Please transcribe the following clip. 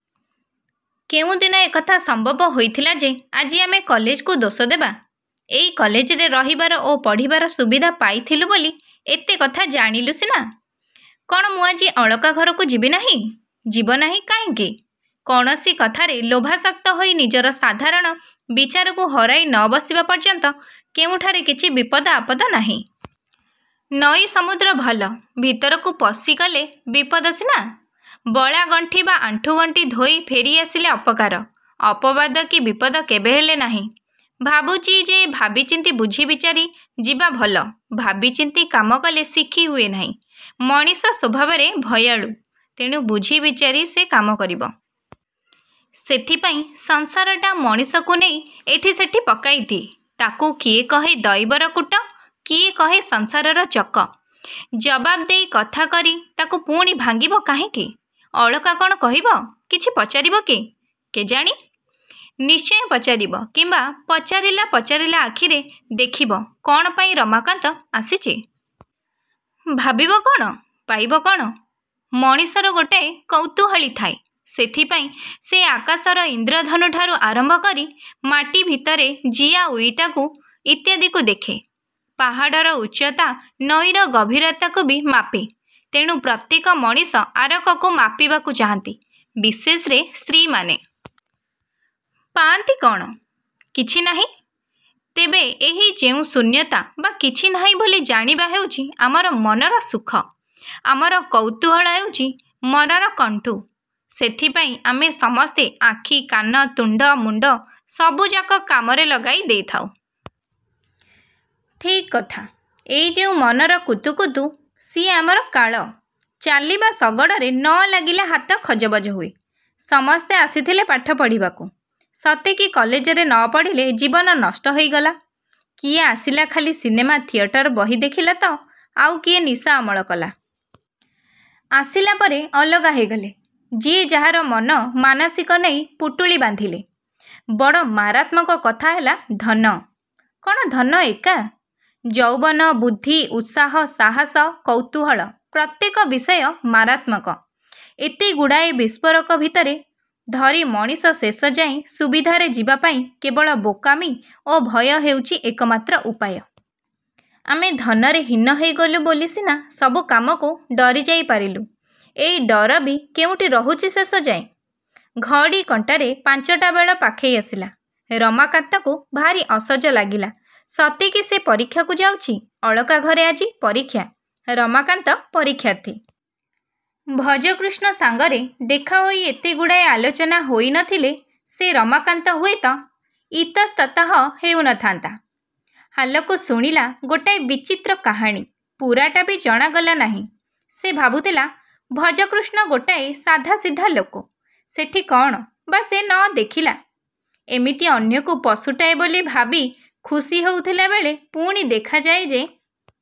କେଉଁ ଦିନ ଏକଥା ସମ୍ଭବ ହୋଇଥିଲା ଯେ ଆଜି ଆମେ କଲେଜକୁ ଦୋଷ ଦେବା? ଏଇ କଲେଜରେ ରହିବାର ଓ ପଢ଼ିବାର ସୁବିଧା ପାଇଥିଲୁ ବୋଲି ଏତେ କଥା ଜାଣିଲୁ ସିନା। -କ'ଣ ମୁଁ ଆଜି ଅଳକା ଘରକୁ ଯିବି ନାହିଁ? -ଯିବନାହିଁ କାହିଁକି? କୌଣସି କଥାରେ ଲୋଭାସକ୍ତ ହୋଇ ନିଜର ସାଧାରଣ ବିଚାରକୁ ହରାଇ ନ ବସିବା ପର୍ଯ୍ୟନ୍ତ କେଉଁଠାରେ କିଛି ବିପଦ ଆପଦ ନାହିଁ। ନଈ ସମୁଦ୍ର ଭଲ-ଭିତରକୁ ପଶିଗଲେ ବିପଦ ସିନା। ବଳାଗଣ୍ଠି ବା ଆଣ୍ଠୁଗଣ୍ଠି ଧୋଇ ଫେରି ଆସିଲେ ଅପକାର-ଅପବାଦ କି ବିପଦ କେବେହେଲେ ନାହିଁ। -ଭାବୁଛି ଯେ ଭାବିଚିନ୍ତି ବୁଝିବିଚାରି ଯିବା ଭଲ। -ଭାବିଚିନ୍ତି କାମ କଲେ ଶିଖି ହୁଏ ନାହିଁ। ମଣିଷ ସ୍ୱଭାବରେ ଭୟାଳୁ। ତେଣୁ ବୁଝି ବିଚାରି ସେ କାମ କରିବ। ସେଥିପାଇଁ ସଂସାରଟା ମଣିଷକୁ ନେଇ ଏଠି ସେଠି ପକାଇ ଦିଏ-ତାକୁ କିଏ କହେ ଦଇବର କୂଟ-କିଏ କହେ ସଂସାରର ଚକ। ଜବାବ ଦେଇ କଥା କରି ତା'କୁ ପୁଣି ଭାଙ୍ଗିବ କାହିଁକି? ଅଳକା କ'ଣ କହିବ? କିଛି ପଚାରିବ କି? -କେଜାଣି? ନିଶ୍ଚୟ ପଚାରିବ କିମ୍ୱା ପଚାରିଲା ପଚାରିଲା ଆଖିରେ ଦେଖିବ କ'ଣ ପାଇଁ ରମାକାନ୍ତ ଆସିଛି? -ଭାବିବ କ'ଣ? ପାଇବ କ'ଣ? -ମଣିଷର ଗୋଟାଏ କୌତୂହଳୀ ଥାଏ। ସେଥିପାଇଁ ସେ ଆକାଶର ଇନ୍ଦ୍ରଧନୁଠାରୁ ଆରମ୍ଭ କରି ମାଟି ଭିତରେ ଜିଆ, ଉଇଟାଙ୍କୁ ଇତ୍ୟାଦିକୁ ଦେଖେ। ପାହାଡ଼ର ଉଚ୍ଚତା, ନଈର ଗଭୀରତାକୁ ବି ମାପେ। ତେଣୁ ପ୍ରତ୍ୟେକ ମଣିଷ ଆରକକୁ ମାପିବାକୁ ଚାହାନ୍ତି-ବିଶେଷରେ ସ୍ତ୍ରୀମାନେ। -ପାଆନ୍ତି କ'ଣ? -କିଛି ନାହିଁ। ତେବେ ଏହି ଯେଉଁ ଶୂନ୍ୟତା ବା କିଛି ନାହିଁ ବୋଲି ଜାଣିବା ହେଉଛି ଆମର ମନର ସୁଖ। ଆମର କୌତୂହଳ ହେଉଛି ମନର କଣ୍ଡୁ। ସେଥିପାଇଁ ଆମେ ସମସ୍ତେ ଆଖି, କାନ, ତୁଣ୍ଡ ମୁଣ୍ଡ ସବୁଯାକ କାମରେ ଲଗାଇ ଦେଇଥାଉ। -ଠିକ୍ କଥା। ଏଇ ଯେଉଁ ମନର କୁତୁକୁତୁ-ସିଏ ଆମର କାଳ। ଚାଲିବା ଶଗଡ଼ରେ ନ ଲାଗିଲେ ହାତ ଖଜବଜ ହୁଏ। ସମସ୍ତେ ଆସିଥିଲେ ପଢ଼ିବାକୁ। ସତେକି କଲେଜରେ ନ ପଢ଼ିଲେ ଜୀବନ ନଷ୍ଟ ହୋଇଗଲା। କିଏ ଆସି ଖାଲି ସିନେମା ଥିଏଟର ବହି ଦେଖିଲା ତ ଆଉ କିଏ ନିଶା ଅମଳ କଲା-? ଆସିଲା ପରେ ଅଲଗା ହୋଇଗଲେ-ଯିଏ ଯାହାର ମନ ମାନସିକ ନେଇ ପୁଟୁଳି ବାନ୍ଧିଲେ-। -ବଡ଼ ମାରାତ୍ମକ କଥା ହେଲା ଧନ? -କ'ଣ ଧନ ଏକା? ଯୌବନ, ବୁଦ୍ଧି, ଉତ୍ସାହ, ସାହସ, କୌତୂହଳ-ପ୍ରତ୍ୟେକ ବିଷୟ ମାରାତ୍ମକ। ଏତେ ଗୁଡ଼ାଏ ବିସ୍ଫୋରକ ଭିତରେ ଧରି ମଣିଷ ଶେଷଯାଏ ସୁବିଧାରେ ଯିବାପାଇଁ କେବଳ ବୋକାମି ଓ ଭୟ ହେଉଛି ଏକମାତ୍ର ଉପାୟ। -ଆମେ ଧନରେ ହୀନ ହୋଇଗଲୁ ବୋଲି ସିନା ସବୁ କାମକୁ ଡରିଯାଇ ପାରିଲୁ। ଏଇ ଡର ବି କେଉଁଠି ରହୁଛି ଶେଷଯାଏ? ଘଡ଼ି କଣ୍ଟାରେ ପାଞ୍ଚଟା ବେଳ ପାଖେଇ ଆସିଲା। ରମାକାନ୍ତକୁ ଭାରି ଅସଜ ଲାଗିଲା-ସତେ କି ସେ ପରୀକ୍ଷାକୁ ଯାଉଛି। ଅଳକା ଘରେ ଆଜି ପରୀକ୍ଷା-ରମାକାନ୍ତ ପରୀକ୍ଷାର୍ଥୀ। ଭଜକୃଷ୍ଣ ସାଙ୍ଗରେ ଦେଖାହୋଇ ଏତେଗୁଡ଼ାଏ ଆଲୋଚନା ହୋଇ ନଥିଲେ ସେ ରମାକାନ୍ତ ହୁଏତ ଇତସ୍ତତଃ ହେଉ ନଥାନ୍ତା। ହାଲକୁ ଶୁଣିଲା ଗୋଟାଏ ବିଚିତ୍ର କାହାଣୀ-ପୂରାଟା ବି ଜଣାଗଲା ନାହିଁ। ସେ ଭାବୁଥିଲା ଭଜକୃଷ୍ଣ ଗୋଟାଏ ସାଧାସିଧା ଲୋକ-ସେଠି କ'ଣ ବା ସେ ନ ଦେଖିଲା? ଏମିତି ଅନ୍ୟକୁ ପଶୁଟାଏ ବୋଲି ଭାବି ଖୁସି ହେଉଥିଲା ବେଳେ ପୁଣି ଦେଖାଯାଏ ଯେ।